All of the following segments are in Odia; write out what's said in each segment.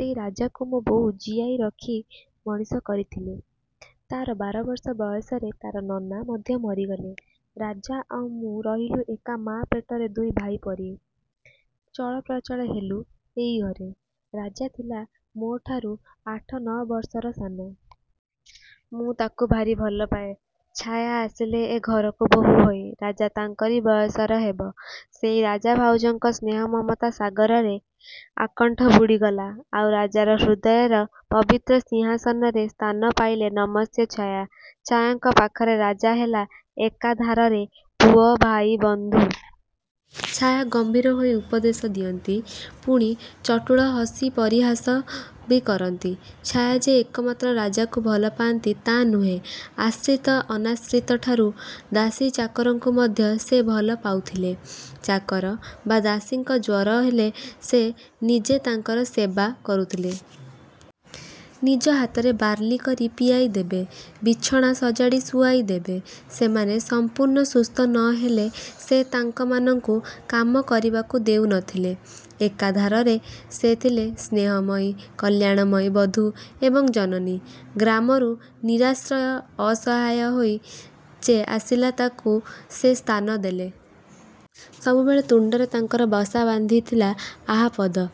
ସେଇ ରାଜାକୁ ମୋ ବୋଉ ଜିଆଇ ରଖି ମଣିଷ କରିଥିଲେ। ତା'ର ବାର ବର୍ଷ ବୟସରେ ତା'ର ନନା ମଧ୍ୟ ମରିଗଲେ। ରାଜା ଆଉ ମୁଁ ରହିଲୁ ଏକା ମାଆ ପେଟରେ ଦୁଇ ଭାଇ ପରି। ଚଳ ପ୍ରଚଳ ହେଲୁ ଏଇ ଘରେ। ରାଜା ଥିଲା ମୋଠାରୁ ଆଠ ନଅ ବର୍ଷର ସାନ। ମୁଁ ତାକୁ ଭାରି ଭଲ ପାଏ। ଛାୟା ଆସିଲେ ଏ ଘରକୁ ବୋହୂ ହୋଇ। ରାଜା ତାଙ୍କରି ବୟସର ହେବ। ସେଇ ରାଜା ଭାଉଜଙ୍କ ସ୍ନେହ ମମତା ସାଗରରେ ଆକଣ୍ଠ ବୁଡ଼ିଗଲା। ଆଉ ରାଜାର ହୃଦୟର ପବିତ୍ର ସିଂହାସନରେ ସ୍ଥାନ ପାଇଲେ ନମସ୍ୟା ଛାୟା। ଛାୟାଙ୍କ ପାଖରେ ରାଜା ହେଲା ଏକାଧାରରେ ପୁଅ, ଭାଇ, ବନ୍ଧୁ। ଛାୟା ଗମ୍ଭୀର ହୋଇ ଉପଦେଶ ଦିଅନ୍ତି, ପୁଣି ଚଟୁଳ ହସି ପରିହାସ ବି କରନ୍ତି। ଛାୟା ଯେ ଏକମାତ୍ର ରାଜାକୁ ଭଲ ପାଆନ୍ତି ତା' ନୁହେଁ ଆଶ୍ରିତ ଅନାଶ୍ରିତଠାରୁ ଦାସୀ ଚାକରଙ୍କୁ ମଧ୍ୟ ସେ ଭଲ ପାଉଥିଲେ। ଚାକର ବା ଦାସୀଙ୍କ ଜ୍ୱର ହେଲେ ସେ ନିଜେ ତାଙ୍କର ସେବା କରୁଥିଲେ। ନିଜ ହାତରେ ବାର୍ଲି କରି ପିଆଇ ଦେବେ। ବିଛଣା ସଜାଡ଼ି ଶୁଆଇ ଦେବେ। ସେମାନେ ସମ୍ପୂର୍ଣ୍ଣ ସୁସ୍ଥ ନ ହେଲେ ସେ ତାଙ୍କ ମାନଙ୍କୁ କାମ କରିବାକୁ ଦେଉ ନଥିଲେ। ଏକାଧାରରେ ସେ ଥିଲେ ସ୍ନେହମୟୀ କଲ୍ୟାଣମୟୀ ବଧୂ ଏବଂ ଜନନୀ। ଗ୍ରାମରୁ ନିରାଶ୍ରୟ, ଅସହାୟ ହୋଇ ଯେ ଆସିଲା ତାକୁ ସେ ସ୍ଥାନ ଦେଲେ। ସବୁବେଳେ ତୁଣ୍ଡରେ ତାଙ୍କର ବସା ବାନ୍ଧିଥିଲା ଆହା ପଦ।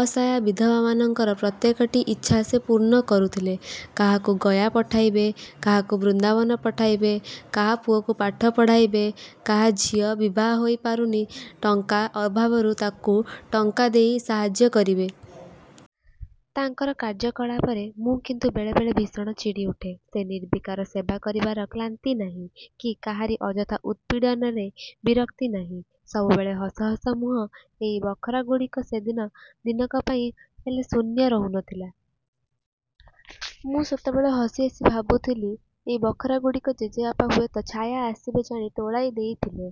ଅସହାୟ ବିଧବାମାନଙ୍କର ପ୍ରତ୍ୟେକଟି ଇଚ୍ଛା ସେ ପୂର୍ଣ୍ଣ କରୁଥିଲେ। କାହାକୁ ଗୟା ପଠାଇବେ, କାହାକୁ ବୃନ୍ଦାବନ ପଠାଇବେ, କାହା ପୁଅକୁ ପାଠ ପଢ଼ାଇବେ, କାହା ଝିଅ ବିବାହ ହୋଇ ପାରୁନି ଟଙ୍କା ଅଭାବରୁ ତାକୁ ଟଙ୍କା ଦେଇ ସାହାଯ୍ୟ କରିବେ। ତାଙ୍କର କାର୍ଯ୍ୟକଳାପରେ ମୁଁ କିନ୍ତୁ ବେଳେ ବେଳେ ଭୀଷଣ ଚିଡ଼ି ଉଠେ। ସେ ନିର୍ବିକାର। ସେବା କରିବାର କ୍ଲାନ୍ତି ନାହିଁ, କି କାହାରି ଅଯଥା ଉତ୍ପୀଡ଼ନରେ ବିରକ୍ତି ନାହିଁ। ସବୁବେଳେ ହସ ହସ ମୁହଁ। ଏଇ ବଖରାଗୁଡ଼ିକ ସେଦିନ ଦିନକ ପାଇଁ ହେଲେ ଶୂନ୍ୟ ରହୁ ନଥିଲା। ମୁଁ ସେତେବେଳେ ହସି ହସି ଭାବୁଥିଲି ଏଇ ବଖରାଗୁଡ଼ିକ ଜେଜେବାପା ହୁଏତ ଛାୟା ଆସିବେ ଜାଣି ତୋଳାଇ ଦେଇଥିଲେ।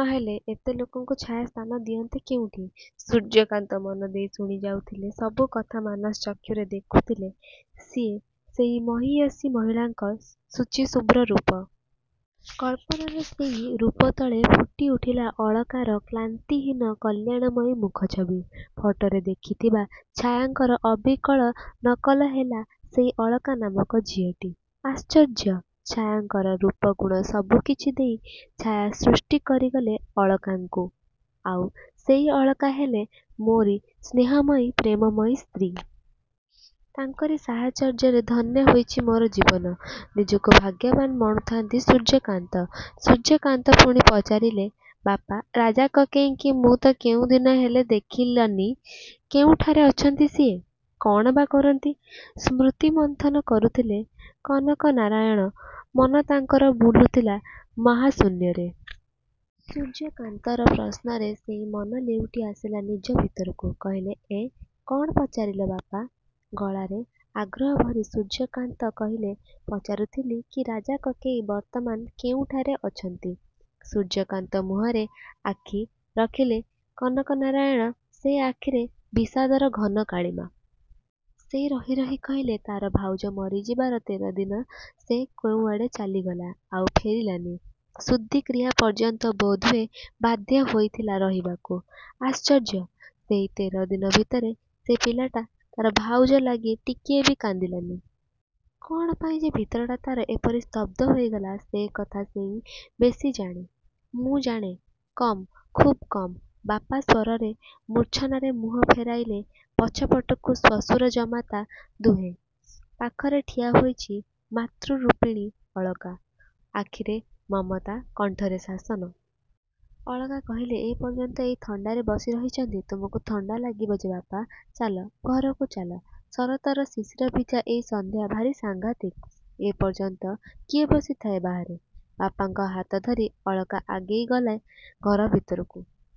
ନହେଲେ ଏତେ ଲୋକଙ୍କୁ ଛାୟା ସ୍ଥାନ ଦିଅନ୍ତେ କେଉଁଠି? ସୂର୍ଯ୍ୟକାନ୍ତ ମନଦେଇ ଶୁଣି ଯାଉଥିଲେ ସବୁ କଥା ମାନସ ଚକ୍ଷୁରେ ଦେଖୁଥିଲେ ସିଏ ସେହି ମହିୟସୀ ମହିଳାଙ୍କ ଶୁଚି ଶୁଭ୍ର ରୂପ। କଳ୍ପନାର ସେଇ ରୂପ ତଳେ ଫୁଟି ଉଠିଲା ଅଳକାର କ୍ଳାନ୍ତିହୀନ କଲ୍ୟାଣମୟୀ ମୁଖଛବି। ଫଟୋରେ ଦେଖିଥିବା ଛାୟାଙ୍କର ଅବିକଳ ନକଲ ହେଲା ସେଇ ଅଳକା ନାମକ ଝିଅଟି। ଆଶ୍ଚର୍ଯ୍ୟ! ଛାୟାଙ୍କର ରୂପଗୁଣ ସବୁକିଛି ଦେଇ ଛାୟା ସୃଷ୍ଟି କରି ଗଲେ ଅଳକାଙ୍କୁ। ଆଉ ସେଇ ଅଳକା ହେଲେ ମୋରି ସ୍ନେହମୟୀ, ପ୍ରେମମୟୀ ସ୍ତ୍ରୀ। ତାଙ୍କରି ସାହଚର୍ଯ୍ୟରେ ଧନ୍ୟ ହୋଇଛି ମୋର ଜୀବନ। ନିଜକୁ ଭାଗ୍ୟବାନ୍ ମଣୁଥାନ୍ତି ସୂର୍ଯ୍ୟକାନ୍ତ। ସୂର୍ଯ୍ୟକାନ୍ତ ପୁଣି ପଚାରିଲେ ବାପା, ରାଜା କକେଇଙ୍କି ମୁଁ ତ କେଉଁଦିନ ହେଲେ ଦେଖିଲନି। କେଉଁଠାରେ ଅଛନ୍ତି ସିଏ? କ'ଣ ବା କରନ୍ତି? ସ୍ମୃତିମନ୍ଥନ କରୁଥିଲେ କନକନାରାୟଣ। ମନ ତାଙ୍କର ବୁଲୁଥିଲା ମହାଶୂନ୍ୟରେ। ସୂର୍ଯ୍ୟକାନ୍ତଙ୍କର ପ୍ରଶ୍ନରେ ସେଇ ମନ ଲେଉଟି ଆସିଲା ନିଜ ଭିତରକୁ। କହିଲେ ଏଁ, କ'ଣ ପଚାରିଲ ବାପା? ଗଳାରେ ଆଗ୍ରହ ଭରି ସୂର୍ଯ୍ୟକାନ୍ତ କହିଲେ ପଚାରୁଥିଲି କି ରାଜା କକେଇ ବର୍ତ୍ତମାନ କେଉଁଠାରେ ଅଛନ୍ତି। ସୂର୍ଯ୍ୟକାନ୍ତ ମୁହଁରେ ଆଖି ରଖିଲେ କନକନାରାୟଣ। ସେ ଆଖିରେ ବିଷାଦର ଘନ କାଳିମା। ସେ ରହି ରହି କହିଲେ ତା'ର ଭାଉଜ ମରିଯିବାର ତେର ଦିନ ସେ କେଉଁଆଡ଼େ ଚାଲିଗଲା। ଆଉ ଫେରିଲାନି। ଶୁଦ୍ଧିକ୍ରିୟା ପର୍ଯ୍ୟନ୍ତ ବୋଧହୁଏ ବାଧ୍ୟ ହୋଇଥିଲା ରହିବାକୁ। ଆଶ୍ଚର୍ଯ୍ୟ! ସେଇ ତେର ଦିନ ଭିତରେ ସେ ପିଲାଟା ତା'ର ଭାଉଜ ଲାଗି ଟିକିଏ ବି କାନ୍ଦିଲାନି। କ'ଣ ପାଇଁ ଯେ ଭିତରଟା ତା'ର ଏପରି ସ୍ତବ୍ଧ ହୋଇଗଲା ସେକଥା ସେଇ ବେଶି ଜାଣେ। ମୁଁ ଜାଣେ କମ୍, ଖୁବ୍ କମ୍। ବାପା, ସ୍ୱରର ମୂର୍ଚ୍ଛନାରେ ମୁହଁ ଫେରାଇଲେ ପଛପଟକୁ ଶ୍ୱଶୁର ଜାମାତା ଦୁହେଁ। ପାଖରେ ଠିଆ ହୋଇଛି ମାତୃରୂପିଣୀ ଅଳକା। ଆଖିରେ ମମତା, କଣ୍ଠରେ ଶାସନ। ଅଳକା କହିଲେ ଏପର୍ଯ୍ୟନ୍ତ ଏଇ ଥଣ୍ଡାରେ ବସି ରହିଛନ୍ତି। ତୁମକୁ ଥଣ୍ଡା ଲାଗିବ ଯେ ବାପା। ଚାଲ, ଘରକୁ ଚାଲ। ଶରତର ଶିଶିର ଭିଜା ଏଇ ସନ୍ଧ୍ୟା ଭାରି ସାଂଘାତିକ। ଏପର୍ଯ୍ୟନ୍ତ କିଏ ବସିଥାଏ ବାହାରେ! ବାପାଙ୍କ ହାତ ଧରି ଅଳକା ଆଗେଇ ଗଲା ଘର ଭିତରକୁ।